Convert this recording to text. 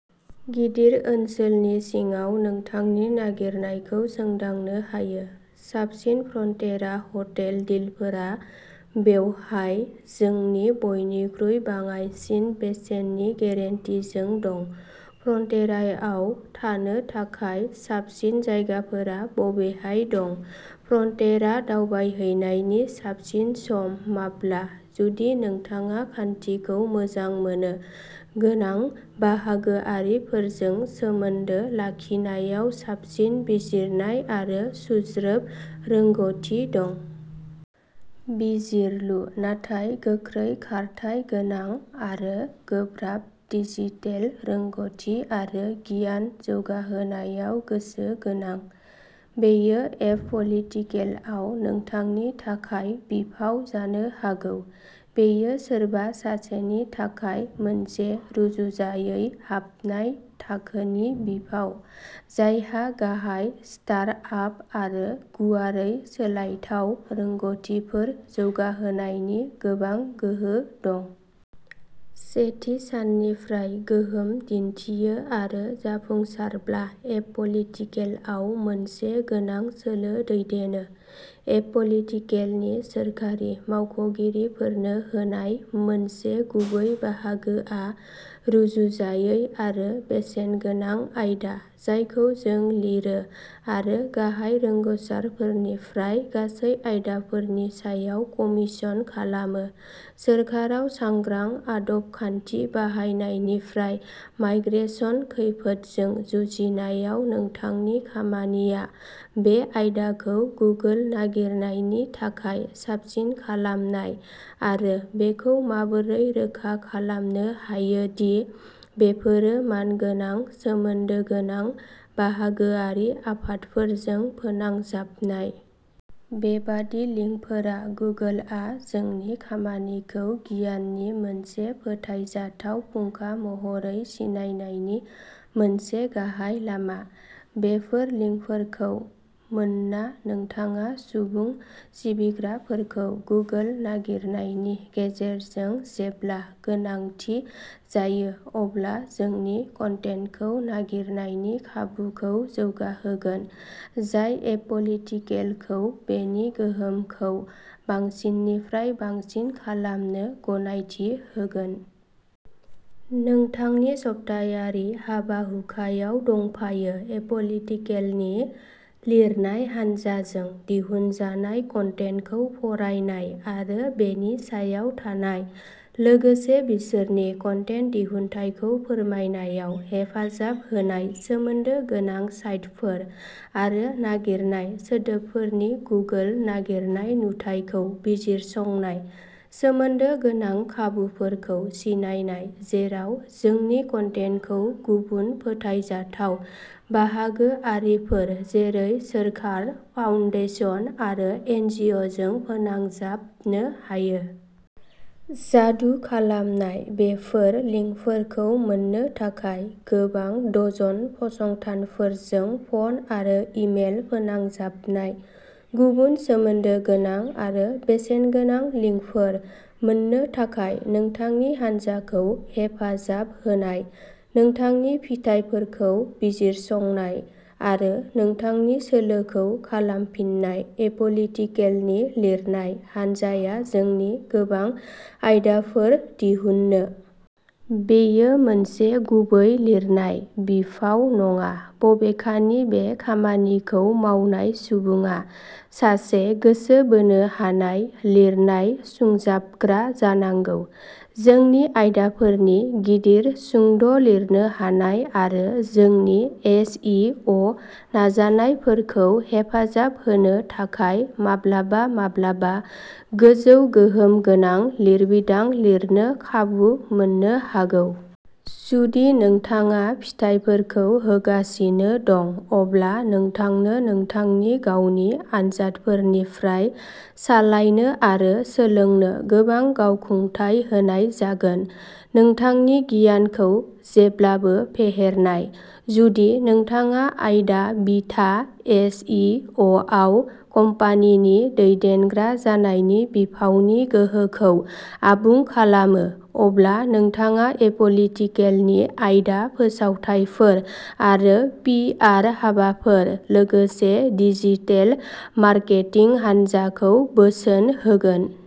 गिदिर ओनसोलनि सिङाव नोंथांनि नागिरनायखौ सोदांनो हायो। साबसिन फ्रन्टेरा हटेल डिलफोरा बेवहाय जोंनि बयनिख्रुइ बाङाइसिन बेसेननि गेरेन्टिजों दं। फ्रन्टेराआव थानो थाखाय साबसिन जायगाफोरा बबेहाय दं? फ्रन्टेरा दावबायहैनायनि साबसिन सम माब्ला? जुदि नोंथाङा खान्थिखौ मोजां मोनो गोनां बाहागोआरिफोरजों सोमोन्दो लाखिनायाव साबसिन बिजिरनाय आरो सुंज्रोब रोंग'थि दं। बिजिरलु नाथाय गोख्रै खारथाय गोनां आरो गोब्राब डिजिटेल रोंग'थि आरो गियान जौगाहोनायाव गोसो गोनां। बेयो एप'पलिटिकेलआव नोंथांनि थाखाय बिफाव जानो हागौ। बेयो सोरबा सासेनि थाखाय मोनसे रुजुजायै हाबनाय थाखोनि बिफाव जायहा गाहाय स्टार्ट आप आरो गुवारै सोलायथाव रोंगथिफोर जौगाहोनायनि गोबां गोहो दं। सेथि साननिफ्राय गोहोम दिनथियो आरो जाफुंसारब्ला एप'पलिटिकेलआव मोनसे गोनां सोलो दैदेनो। एप'पलिटिकेलनि सोरखारि मावख'गिरिफोरनो होनाय मोनसे गुबै बाहागोआ रुजुजायै आरो बेसेनगोनां आयदा जायखौ जों लिरो आरो गाहाय रोंगसारफोरनिफ्राय गासै आयदाफोरनि सायाव कमिसन खालामो सोरखाराव सांग्रां आदब खान्थिनि बाहायनायनिफ्राय माइग्रेसन खैफोदजों जुजिनायाव नोंथांनि खामानिया बे आयदाखौ गुगोल नागिरनायनि थाखाय साबसिन खालामनाय आरो बेखौ माबोरै रोखा खालामनो हायो दि बेफोरो मानगोनां सोमोन्दो गोनां बाहागोआरि आफादफोरजों फोनांजाबनाय। बेबादि लिंकफोरा गुगोलआ जोंनि खामानिखौ गियाननि मोनसे फोथायजाथाव फुंखा महरै सिनायनायनि मोनसे गाहाय लामा। बेफोर लिंकफोरखौ मोनना नोंथाङा सुबुं सिबिग्राफोरखौ गुगोल नागिरनायनि गेजेरजों जेब्ला गोनांथि जायो अब्ला जोंनि कन्टेन्टखौ नागिरनायनि खाबुखौ जौगाहोगोन। जाय एप'लिटिकेलखौ बेनि गोहोमखौ बांसिननिफ्राय बांसिन खालामनो गनायथि होगोन। नोंथांनि सप्तायारि हाबाहुखायाव दंफायो। एप'लिटिकेलनि लिरनाय हानजाजों दिहुनजानाय कन्टेन्टखौ फरायनाय आरो बेनि सायाव थानाय लोगोसे बिसोरनि कन्टेन्ट दिहुनथायखौ फोरमायनायाव हेफाजाब होनाय सोमोन्दो गोनां साइटफोर आरो नागिरनाय सोदोबफोरनि गुगोल नागिरनाय नुथायखौ बिजिरसंनाय सोमोन्दो गोनां खाबुफोरखौ सिनायनाय जेराव जोंनि कन्टेन्टखौ गुबुन फोथायजाथाव बाहागो आरिफोर जेरै सोरखार फाउन्डेसन आरो एनजिअजों फोनांजाबनो हायो। जादु खालामनाय बेफोर लिंकफोरखौ मोननो थाखाय गोबां डजन फसंथानफोरजों फन आरो इमेल फोनांजाबनाय गुबुन सोमोन्दो गोनां आरो बेसेनगोनां लिंकफोर मोन्नो थाखाय नोंथांनि हानजाखौ हेफाजाब होनाय नोंथांनि फिथायफोरखौ बिजिरसंनाय आरो नोंथांनि सोलोखौ खालामफिननाय। एप'लिटिकलनि लिरनाय हानजाया जोंनि गोबां आयदाफोर दिहुनो। बेयो मोनसे गुबै लिरनाय बिफाव नङा-बबेखानि बे खामानिखौ मावनाय सुबुङा सासे गोसो बोनो हानाय लिरनाय सुंजाबग्रा जानांगौ। जोंनि आयदाफोरनि गिदिर सुंद' लिरनो हानाय आरो जोंनि एस इ अ नाजानायफोरखौ हेफाजाब होनो थाखाय माब्लाबा-माब्लाबा गोजौ गोहोम गोनां लिरबिदां लिरनो खाबु मोननो हागौ। जुदि नोंथाङा फिथायफोरखौ होगासिनो दं, अब्ला नोंथांनो नोंथांनि गावनि आनजादफोरनिफ्राय सालायनो आरो सोलोंनो गोबां गावखुंथाय होनाय जागोन, नोंथांनि गियानखौ जेब्लाबो फेहेरनाय। जुदि नोंथाङा आयदा-बिथा एस इ अ आव कम्पानिनि दैदेनग्रा जानायनि बिफावनि गोहोखौ आबुं खालामो, अब्ला नोंथाङा एप'लिटिकलनि आयदा, फोसावथायफोर आरो पि आर हाबाफोर, लोगोसे डिजिटेल मार्केटिं हानजाखौ बोसोन होगोन।